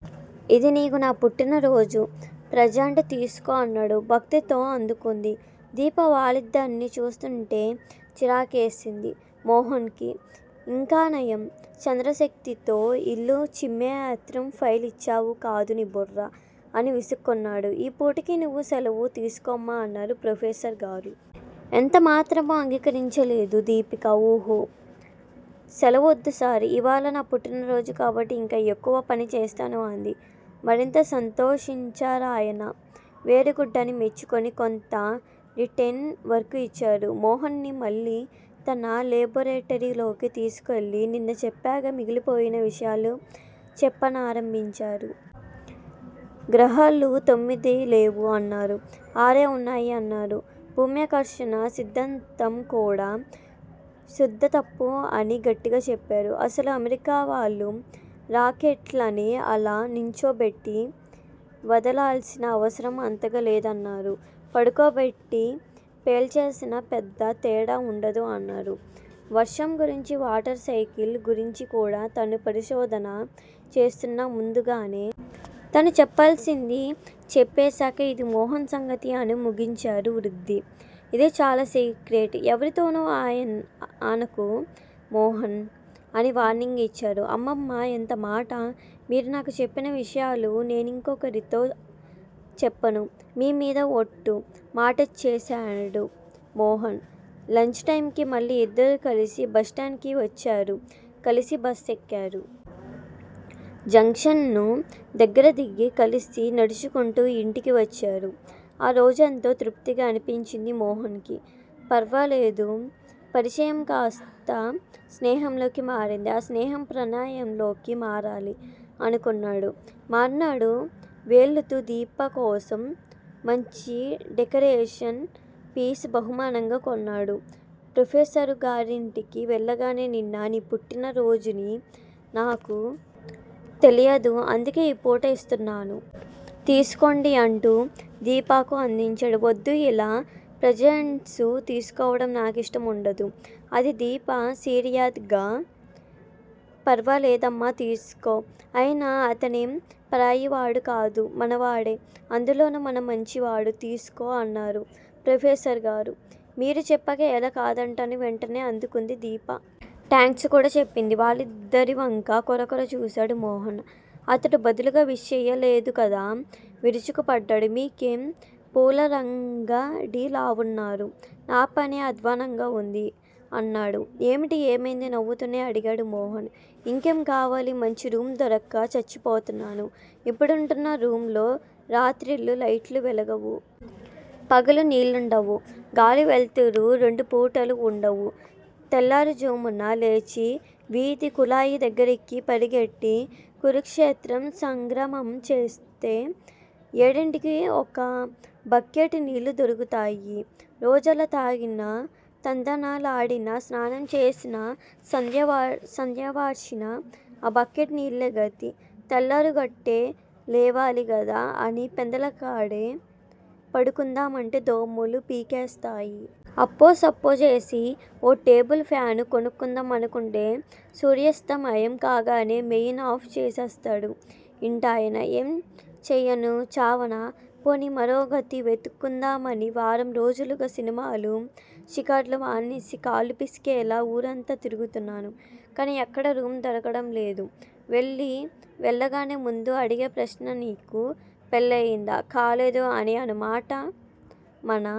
ఇది నీకు నా పుట్టినారోజు ప్రజంట్ తీసుకో అన్నాడు. భక్తితో అందుకుంది. దీప వాళ్ళిద్దర్నీ చూస్తుంటే చిరాకేసింది మోహన్ కి. ఇంకానయం చంద్రశక్తితో ఇల్లు చిమ్మే యంత్రం ఫైల్ ఇచ్చావు కాదు నీ బుర్ర, అని విసుక్కున్నాడు. ఈ పూటకి నువ్వు సెలవు తీసుకోమ్మా! అన్నారు ప్రొఫెసర్ గారు. ఎంతమాత్రమూ అంగీకరించలేదు దీపిక ఉహు! సెలవొద్దు సార్! ఇవ్వాళ నా పుట్టినరోజు కాబట్టి ఇంకా ఎక్కువ పని చేస్తాను అంది. మరింత సంతోషించారాయన. వెరీగుడ్ అని మెచ్చుకొని కొంత రిటెన్ వర్కు ఇచ్చారు. మోహన్ ని మళ్ళీ తన లేబొరేటరీలోకి తీసికెళ్ళి నిన్న చెప్పగా మిగిలిపోయిన విషయాలు చెప్పనారంభించారు. గ్రహాలు తొమ్మిదిలేవు అన్నారు. ఆరే వున్నాయి అన్నారు. భూమ్యాకర్షణ సిద్దాంతంకూడా శుద్ధ తప్పు అని గట్టిగా చెప్పారు. అసలు అమెరికావాళ్ళు రాకెట్లని అలా నించోబెట్టి వదలాల్సిన అవసరం అంతగా లేదన్నారు. పడుకో బెట్టి పెల్చేసినా పెద్ద తేడా వుండదు అన్నారు. వర్షం గురించి వాటర్ సైకిల్ గురించికూడా తను పరిశోధన చేస్తున్నా ముందుగానే చెప్పారు. తను చెప్పాల్సింది చెప్పేశాక ఇదీ మోహన్ సంగతి అని ముగించారు పృధ్వి. ఇది చాలా సీక్రెట్. ఎవరితోనూ అనకు మోహన్! అని వార్నింగ్ ఇచ్చారు. అమ్మమ్మ! ఎంతమాట మీరు నాకు చెప్పిన విషయాలు నేనింకొకరితో చెప్పను. మీమీద ఒట్టు! మాటచ్చేసాడు మోహన్. లంచ్ టైంకి మళ్ళీ ఇద్దరూ కలిసి బస్టాండ్ కి వచ్చారు కలసి బస్ ఎక్కారు. జంక్షను దగ్గర దిగి కలసి నడుచుకుంటూ ఇంటికి వచ్చారు. ఆ రోజెంతో తృప్తిగా అనిపించింది మోహన్ కి. ఫర్వాలేదు పరిచయం కాస్తా స్నేహంలోకి మారింది. ఆ స్నేహం ప్రణయంలోకి మారాలి! అనుకున్నాడు. మర్నాడు వేళ్ళుతూ దీపకోసం మంచి డెకరేషన్ పీస్ బహుమానంగా కొన్నాడు. ప్రొఫెసరుగారింటికి వెళ్ళగానే నిన్న మీ పుట్టినరోజని నాకు తెలియదు అందుకే ఈ పూట యిస్తున్నాను. తీసుకోండి అంటూ దీపకి అందించాడు. వద్దు యిలా ప్రజంట్సు తీసుకోవడం నాకిష్టం వుండదు! అంది దీప సీరియాద్ గా. ఫర్వలేదమ్మా తీసుకో. అయినా అతనేం పరాయివాడుకాడు మనవాడే. అందులోనూ చాలా మంచివాడు. తీసుకో! అన్నారు ప్రొఫెసర్ గారు. మీరుచెప్పాక ఎలా కాదంటాను! వెంటనే అందుకుంది దీప. థాంక్స్ కూడా చెప్పింది. వాళ్ళిద్దరివంకా కొరకొరా చూశాడు మోహన్. అతను బదులుగా విష్ చెయ్యలేదుకదా, విరుచుకుపడ్డాడు. మీకేం పూలరంగడిలావున్నారు. నాపనే అధ్వానంగా వుంది! అన్నాడు. ఏమిటి? ఏమైంది? నవ్వుతూనే అడిగాడు మోహన్. ఇంకేం కావాలి? మంచి రూమ్ దొరక్క చచ్చిపోతున్నాను. ఇప్పుడుంటున్న రూమ్ లో రాత్రిళ్ళు లైట్లు వెలగవు. పగలు నీళ్ళుండవు. గాలీ, వెల్తురు రెండుపూటలూ వుండవు. తెల్లారుఝామున లేచి వీధి కుళాయిదగ్గరికి పరిగెట్టి కురుక్షేత్రం సంగ్రామంచేస్తే ఏడింటికి ఓ బక్కెట్ నీళ్ళు దొరుకుతాయి. రోజల్లా తాగినా తందనాలాడినా, స్నానం చేసినా, సంధ్యవార్చినా ఆ బకెట్ నీళ్ళే గతి. తెల్లారుగట్టే లేవాలికదా అని పెందలాడే పడుకుందామంటే దోమలు పీకేస్తాయి. అప్పోసప్పో చేసి ఓ టేబుల్ ఫ్యాను కొనుక్కుందాం అనుకుంటే సూర్యస్తమయం కాగానే మెయిన్ ఆఫ్ చేసేస్తాడు ఇంటాయన. ఏం చెయ్యను చావనా? పోనీ మరోగది వెతుక్కుందామని వారం రోజులుగా సినిమాలూ, షికార్లూ మానేసి కాళ్ళుపీకేసేలా ఊరంతా తిరుగుతున్నాను. కానీ ఎక్కడా రూమ్ దొరకడం లేదు. వెళ్ళీ వెళ్ళగానే ముందు అడిగే ప్రశ్ననీకు పెళ్ళయిందా? కాలేదు, అని మనమాట మన